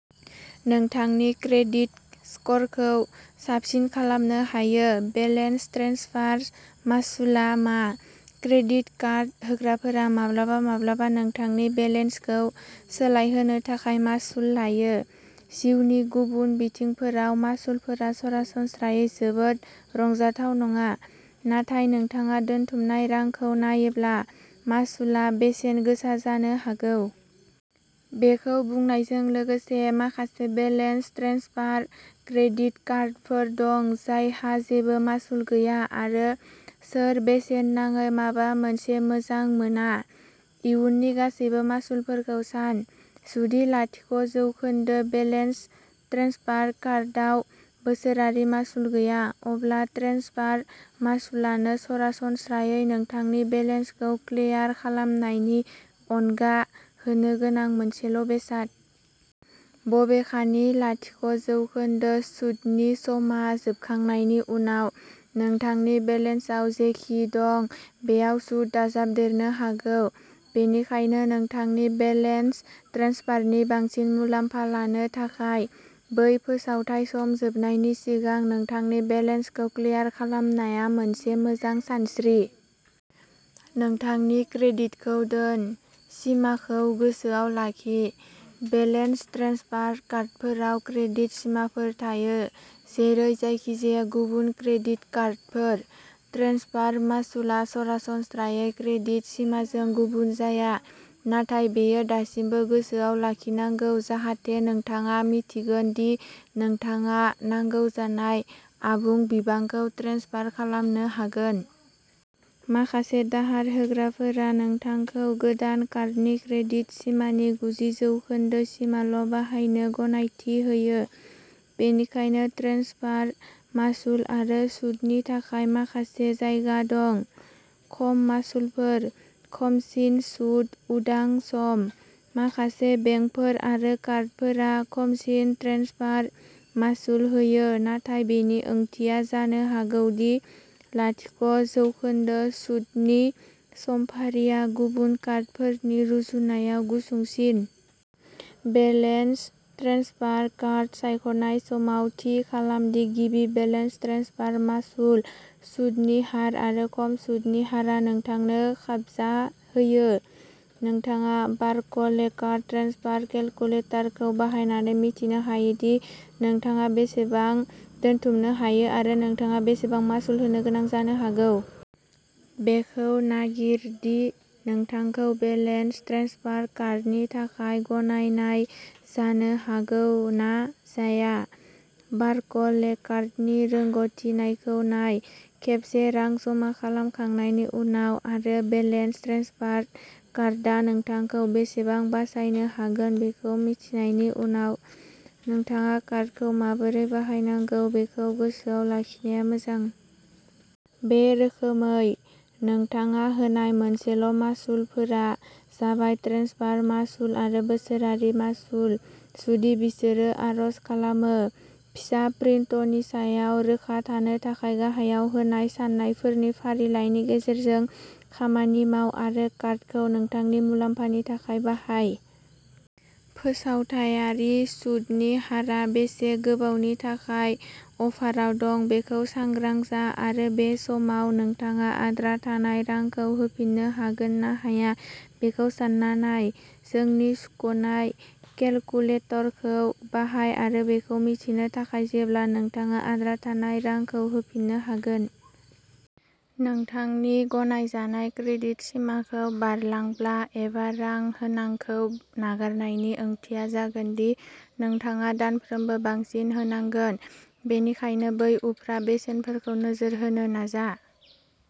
नोंथांनि क्रेडिट स्करखौ साबसिन खालामनो हायो। बेलेन्स ट्रेन्सफार मासुलआ मा? क्रेडिट कार्ड होग्राफोरा माब्लाबा-माब्लाबा नोंथांनि बेलेन्सखौ सोलायहोनो थाखाय मासुल लायो। जिउनि गुबुन बिथिंफोराव मासुलफोरा सरासनस्रायै जोबोद रंजाथाव नङा। नाथाय नोंथाङा दोनथुमनाय रांखौ नायोब्ला, मासुलआ बेसेनगोसा जानो हागौ। बेखौ बुंनायजों लोगोसे, माखासे बेलेन्स ट्रेन्सफार क्रेडिट कार्डफोर दं जायहा जेबो मासुल गैया आरो सोर बेसेन नाङै माबा मोनसे मोजां मोना? इयुननि गासैबो मासुलफोरखौ सान। जुदि लाथिक' जौखोन्दो बेलेन्स ट्रेन्सफार कार्डआव बोसोरारि मासुल गैया, अब्ला ट्रेन्सफार मासुलानो सरासनस्रायै नोंथांनि बेलेन्सखौ क्लियार खालामनायनि अनगा होनो गोनां मोनसेल' बेसाद। बबेखानि, लाथिक' जौखोन्दो सुतनि समआ जोबखांनायनि उनाव, नोंथांनि बेलेन्सआव जेखि दं बेयाव सुद दाजाबदेरनो हागौ। बेनिखायनो नोंथांनि बेलेन्स ट्रेन्सफारनि बांसिन मुलाम्फा लानो थाखाय, बै फोसावथाय सम जोबनायनि सिगां नोंथांनि बेलेन्सखौ क्लियार खालामनाया मोनसे मोजां सानस्रि। नोंथांनि क्रेडिटखौ दोन। सिमाखौ गोसोआव लाखि। बेलेन्स ट्रेन्सफार कार्डफोराव क्रेडिट सिमाफोर थायो जेरै जायखिजाया गुबुन क्रेडिट कार्डफोर। ट्रेन्सफार मासुलआ सरासनस्रायै क्रेडिट सिमाजों गुबुन जाया, नाथाय बेयो दासिमबो गोसोआव लाखिनांगौ जाहाथे नोंथाङा मिन्थिगोन दि नोंथाङा नांगौ जानाय आबुं बिबांखौ ट्रेन्सफार खालामनो हागोन। माखासे दाहार होग्राफोरा नोंथांखौ गोदान कार्डनि क्रेडिट सिमानि गुजि जौखोन्दो सिमाल' बाहायनो गनायथि होयो, बेनिखायनो ट्रेन्सफार मासुल आरो सुतनि थाखाय माखासे जायगा दं। खम मासुलफोर। खमसिन सुत उदां सम। माखासे बेंकफोर आरो कार्डफोरा खमसिन ट्रेन्सफार मासुल होयो नाथाय बेनि ओंथिया जानो हागौ दि लाथिक' जौखोन्दो सुतनि समफारिआ गुबुन कार्डफोरनि रुजुनायाव गुसुंसिन। बेलेन्स ट्रेन्सफार कार्ड सायख'नाय समाव, थि खालाम दि गिबि बेलेन्स ट्रेन्सफार मासुल, सुतनि हार आरो खम सुतनि हारआ नोंथांनो खाबजाहोयो। नोंथाङा बार्कलेकार्ड ट्रेन्सफार केलकुलेटरखौ बाहायनानै मिथिनो हायो दि नोंथाङा बेसेबां दोनथुमनो हायो आरो नोंथाङा बेसेबां मासुल होनो गोनां जानो हागौ। बेखौ नागिर दि नोंथांखौ बेलेन्स ट्रेन्सफार कार्डनि थाखाय गनायनाय जानो हागौ ना जाया, बार्कलेकार्डनि रोंग'थि नायखौ नाय। खेबसे रां जमा खालामखांनायनि उनाव आरो बेलेन्स ट्रेन्सफार कार्डआ नोंथांखौ बेसेबां बासायनो हागोन बेखौ मिथिनायनि उनाव, नोंथाङा कार्डखौ माबोरै बाहायनांगौ बेखौ गोसोआव लाखिनाया मोजां। बे रोखोमै, नोंथाङा होनाय मोनसेल' मासुलफोरा जाबाय ट्रेन्सफार मासुल आरो बोसोरारि मासुल, जुदि बिसोरो आर'ज खालामो। फिसा प्रिन्टनि सायाव रोखा थानो थाखाय गाहायाव होनाय सान्नायफोरनि फारिलाइनि गेजेरजों खामानि माव आरो कार्डखौ नोंथांनि मुलाम्फानि थाखाय बाहाय। फोसावथायारि सुतनि हारआ बेसे गोबावनि थाखाय अफाराव दं बेखौ सांग्रां जा आरो बे समाव नोंथाङा आद्रा थानाय रांखौ होफिननो हागोन ना हाया बेखौ सान्ना नाय। जोंनि सुख'नाय केलकुलेटरखौ बाहाय आरो बेखौ मिथिनो थाखाय जेब्ला नोंथाङा आद्रा थानाय रांखौ होफिननो हागोन। नोंथांनि गनायजानाय क्रेडिट सिमाखौ बारलांब्ला एबा रां होनांखौ नागारनायनि ओंथिया जागोन दि नोंथाङा दानफ्रोमबो बांसिन होनांगोन, बेनिखायनो बै उफ्रा बेसेनफोरखौ नोजोर होनो नाजा।